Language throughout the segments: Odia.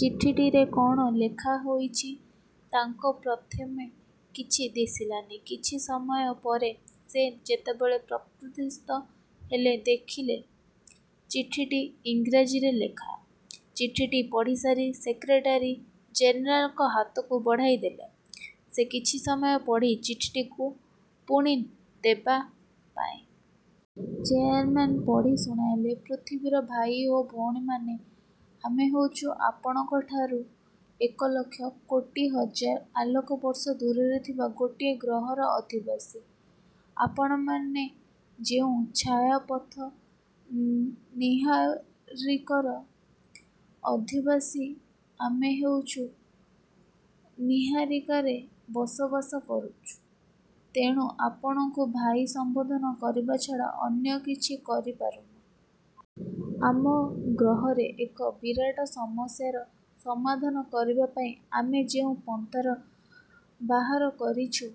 ଚିଠିଟିରେ କଣ ଲେଖା ହୋଇଛି ତାଙ୍କ ପ୍ରଥମେ କିଛି ଦିଶିଲାନି। କିଛି ସମୟ ପରେ ସେ ଯେତେବେଳେ ପ୍ରକୃତିସ୍ଥ ହେଲେ ଦେଖିଲେ ଚିଠିଟି ଇଂରାଜୀରେ ଲେଖା। ଚିଠିଟି ପଢ଼ିସାରି ସେକ୍ରେଟେରୀ ଜେନେରାଲଙ୍କ ହାତକୁ ବଢ଼ାଇ ଦେଲେ। ସେ କିଛି ସମୟ ପଢ଼ି ଚିଠିଟିକୁ ପୁଣି ଦେବାପାଇଁ। ଚେୟାରମ୍ୟାନ୍ ପଢ଼ି ଶୁଣାଇଲେ। ପୃଥିବୀର ଭାଇ ଓ ଭଉଣୀମାନେ ଆମେ ହେଉଛୁଁ ଆପଣଙ୍କଠାରୁ ଏକ ଲକ୍ଷ କୋଟି ହଜାର ଆଲୋକ ବର୍ଷ ଦୂରରେ ଥିବା ଗୋଟିଏ ଗ୍ରହର ଅଧିବାସୀ। ଆପଣମାନେ ଯେଉଁ ଛାୟାପଥନିହାରିକର ଅଧିବାସୀ ଆମେ ହେଉଛୁ ନିହାରିକାରେ ବସବାସ କରୁଚୁ। ତେଣୁ ଆପଣଙ୍କୁ ଭାଇ ସମ୍ବୋଧନ କରିବାଛଡ଼ା ଅନ୍ୟ କିଛି କରି ପାରୁନୁ। ଆମ ଗ୍ରହରେ ଏକ ବିରାଟ ସମସ୍ୟାର ସମାଧାନ କରିବାପାଇଁ ଆମେ ଯେଉଁ ପନ୍ତାର ବାହାର କରିଛୁଁ,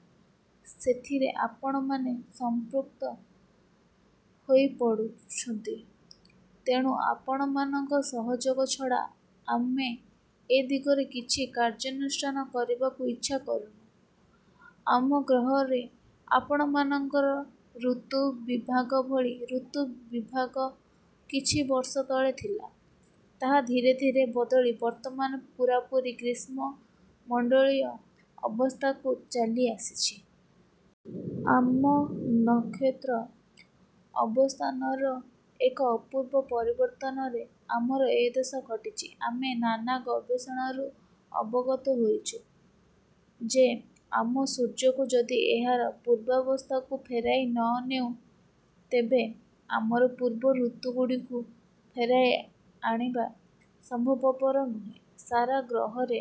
ସେଥିରେ ଆପଣମାନେ ସମ୍ପୃକ୍ତ ହୋଇ ପଡ଼ୁଛନ୍ତି। ତେଣୁ ଆପଣମାନଙ୍କ ସହଯୋଗ ଛଡ଼ା ଆମେ ଏ ଦିଗରେ କିଛି କାର୍ଯ୍ୟାନୁଷ୍ଠାନ କରିବାକୁ ଇଚ୍ଛା କରୁନୁ। ଆମ ଗ୍ରହରେ ଆପଣମାନଙ୍କର ଋତୁ ବିଭାଗ ଭଳି ଋତୁ ବିଭାଗ କିଛି ବର୍ଷ ତଳେ ଥିଲା, ତାହା ଧୀରେ ଧୀରେ ବଦଳି ବର୍ତ୍ତମାନ ପୂରାପୂରି ଗ୍ରୀଷ୍ମ ମଣ୍ଡଳୀୟ ଅବସ୍ଥାକୁ ଚାଲି ଆସିଛି। ଆମ ନକ୍ଷେତ୍ର ଅବସ୍ଥାନର ଏକ ଅପୂର୍ବ ପରିବର୍ତ୍ତନରେ ଆମର ଏ ଦଶା ଘଟିଛି। ଆମେ ନାନା ଗବେଷଣାରୁ ଅବଗତ ହୋଇଛୁ ଯେ ଆମ ସୂର୍ଯ୍ୟକୁ ଯଦି ଏହାର ପୂର୍ବାବସ୍ଥାକୁ ଫେରାଇ ନ ନେଉ, ତେବେ ଆମର ପୂର୍ବ ଋତୁଗୁଡ଼ିକୁ ଫେରାଇ ଆଣିବା ସମ୍ଭବପର ନୁହେଁ। ସାରାଗ୍ରହରେ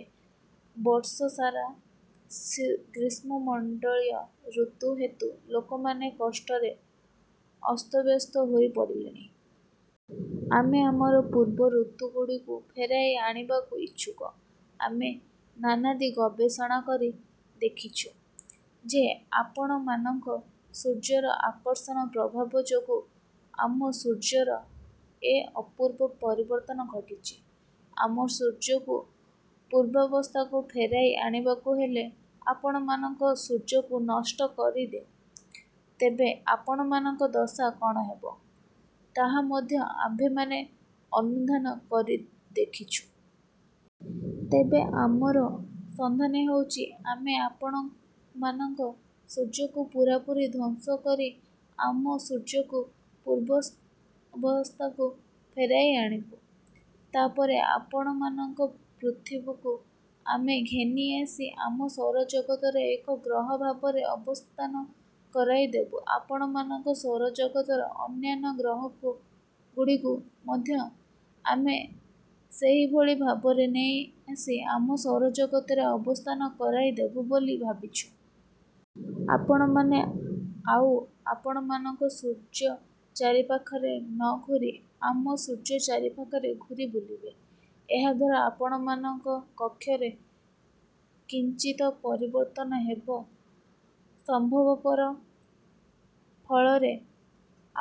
ବର୍ଷ ସାରା ଗ୍ରୀଷ୍ମ ମଣ୍ଡଳୀୟ ଋତୁ ହେତୁ ଲୋକମାନେ କଷ୍ଟରେ ଅସ୍ତବ୍ୟସ୍ତ ହୋଇ ପଡ଼ିଲେଣି। ଆମେ ଆମର ପୂର୍ବ ଋତୁଗୁଡ଼ିକୁ ଫେରାଇ ଆଣିବାକୁ ଇଛୁକ। ଆମେ ନାନାଦି ଗବେଷଣା କରି ଦେଖିଛୁ ଯେ ଆପଣମାନଙ୍କ ସୂର୍ଯ୍ୟର ଆକର୍ଷଣ ପ୍ରଭାବ ଯୋଗୁଁ ଆମ ସୂର୍ଯ୍ୟର ଏ ଅପୂର୍ବ ପରିବର୍ତ୍ତନ ଘଟିଛି। ଆମ ସୂର୍ଯ୍ୟକୁ ପୂର୍ବାବସ୍ଥାକୁ ଫେରାଇ ଆଣିବାକୁ ହେଲେ ଆପଣମାନଙ୍କ ସୂର୍ଯ୍ୟକୁ ନଷ୍ଟ କରିଦେଉଁ, ତେବେ ଆପଣମାନଙ୍କ ଦଶା କଣ ହେବ, ତାହା ମଧ୍ୟ ଆମ୍ଭେମାନେ ଅନୁଧ୍ୟାନ କରି ଦେଖିଛୁ। ତେବେ ଆମର ସିଦ୍ଧାନ୍ତ ହେଉଛି, ଆମେ ଆପଣମାନଙ୍କ ସୂର୍ଯ୍ୟକୁ ପୂରାପୂରି ଧ୍ୱଂସ କରି ଆମ ସୂର୍ଯ୍ୟକୁ ପୂର୍ବାବସ୍ଥାକୁ ଫେରାଇ ଆଣିବୁ; ତାପରେ ଆପଣମାନଙ୍କ ପୃଥିବୀକୁ ଆମେ ଘେନି ଆସି ଆମ ସୌରଜଗତରେ ଏକ ଗ୍ରହ ଭାବରେ ଅବସ୍ଥାନ କରାଇ ଦେବୁ ଆପଣମାନଙ୍କ ସୌରଜଗତର ଅନ୍ୟାନ୍ୟ ଗ୍ରହଗୁଡ଼ିକୁ ମଧ୍ୟ ଆମେ ସେହିଭଳି ଭାବରେ ନେଇ ଆସି ଆମ ସୌରଜଗତରେ ଅବସ୍ଥାନ କରାଇଦେବୁ ବୋଲି ଭାବିଛୁ। ଆପଣମାନେ ଆଉ ଆପଣମାନଙ୍କ ସୂର୍ଯ୍ୟ ଚାରିପାଖରେ ନ ଘୂରି ଆମ ସୂର୍ଯ୍ୟ ଚାରିପାଖରେ ଘୂରି ବୁଲିବେ। ଏହା ଦ୍ୱାରା ଆପଣମାନଙ୍କ କକ୍ଷରେ କିଞ୍ଚିତ ପରିବର୍ତ୍ତନ ହେବ ସମ୍ଭବପର; ଫଳରେ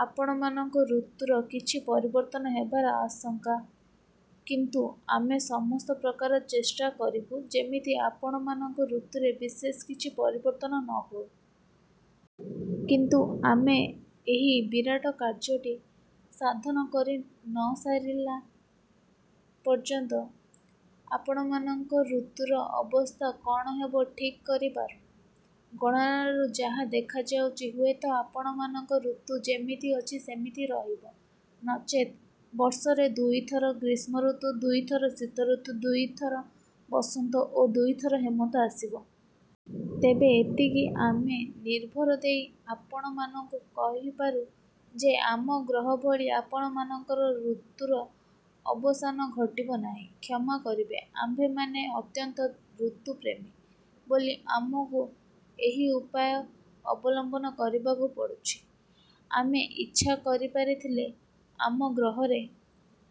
ଆପଣମାନଙ୍କ ଋତୁର କିଛି ପରିବର୍ତ୍ତନ ହେବାର ଆଶଙ୍କା। କିନ୍ତୁ ଆମେ ସମସ୍ତ ପ୍ରକାର ଚେଷ୍ଟା କରିବୁଁ ଯେମିତି ଆପଣମାନଙ୍କ ଋତୁରେ ବିଶେଷ କିଛ ପରିବର୍ତ୍ତନ ନ ହୁଏ। କିନ୍ତୁ ଆମେ ଏହି ବିରାଟ କାର୍ଯ୍ୟଟି ସାଧନ କରି ନ ସାରିଲା ପର୍ଯ୍ୟନ୍ତ ଆପଣମାନଙ୍କ ଋତୁର ଅବସ୍ଥା କଣ ହେବ ଠିକ୍ କରିପାରୁ। ଗଣନାରୁ ଯାହା ଦେଖାଯାଉଛି ହୁଏତ ଆପଣମାନଙ୍କ ଋତୁ ଯେମିତି ଅଛି ସେମିତି ରହିବ ନଚେତ୍ ବର୍ଷରେ ଦୁଇ ଥର ଗ୍ରୀଷ୍ମ ଋତୁ, ଦୁଇ ଥର ଶୀତଋତୁ, ଦୁଇ ଥର ବସନ୍ତ ଓ ଦୁଇଥର ହେମନ୍ତ ଆସିବ। ତେବେ ଏତିକି ଆମେନିର୍ଭର ଦେଇ ଆପଣମାନଙ୍କୁ କହିପାରୁ ଯେ ଆମ ଗ୍ରହ ଭଳି ଆପଣମାନଙ୍କର ଋତୁର ଅବସାନ ଘଟିବ ନାହିଁ। କ୍ଷମା କରିବେ ଆମ୍ଭେମାନେ ଅତ୍ୟନ୍ତ ଋତୁପ୍ରେମୀ ବୋଲି ଆମକୁ ଏହି ଉପାୟ ଅବଲମ୍ବନ କରିବାକୁ ପଡ଼ୁଛି। ଆମେ ଇଛା କରିପାରିଥିଲେ ଆମ ଗ୍ରହରେ--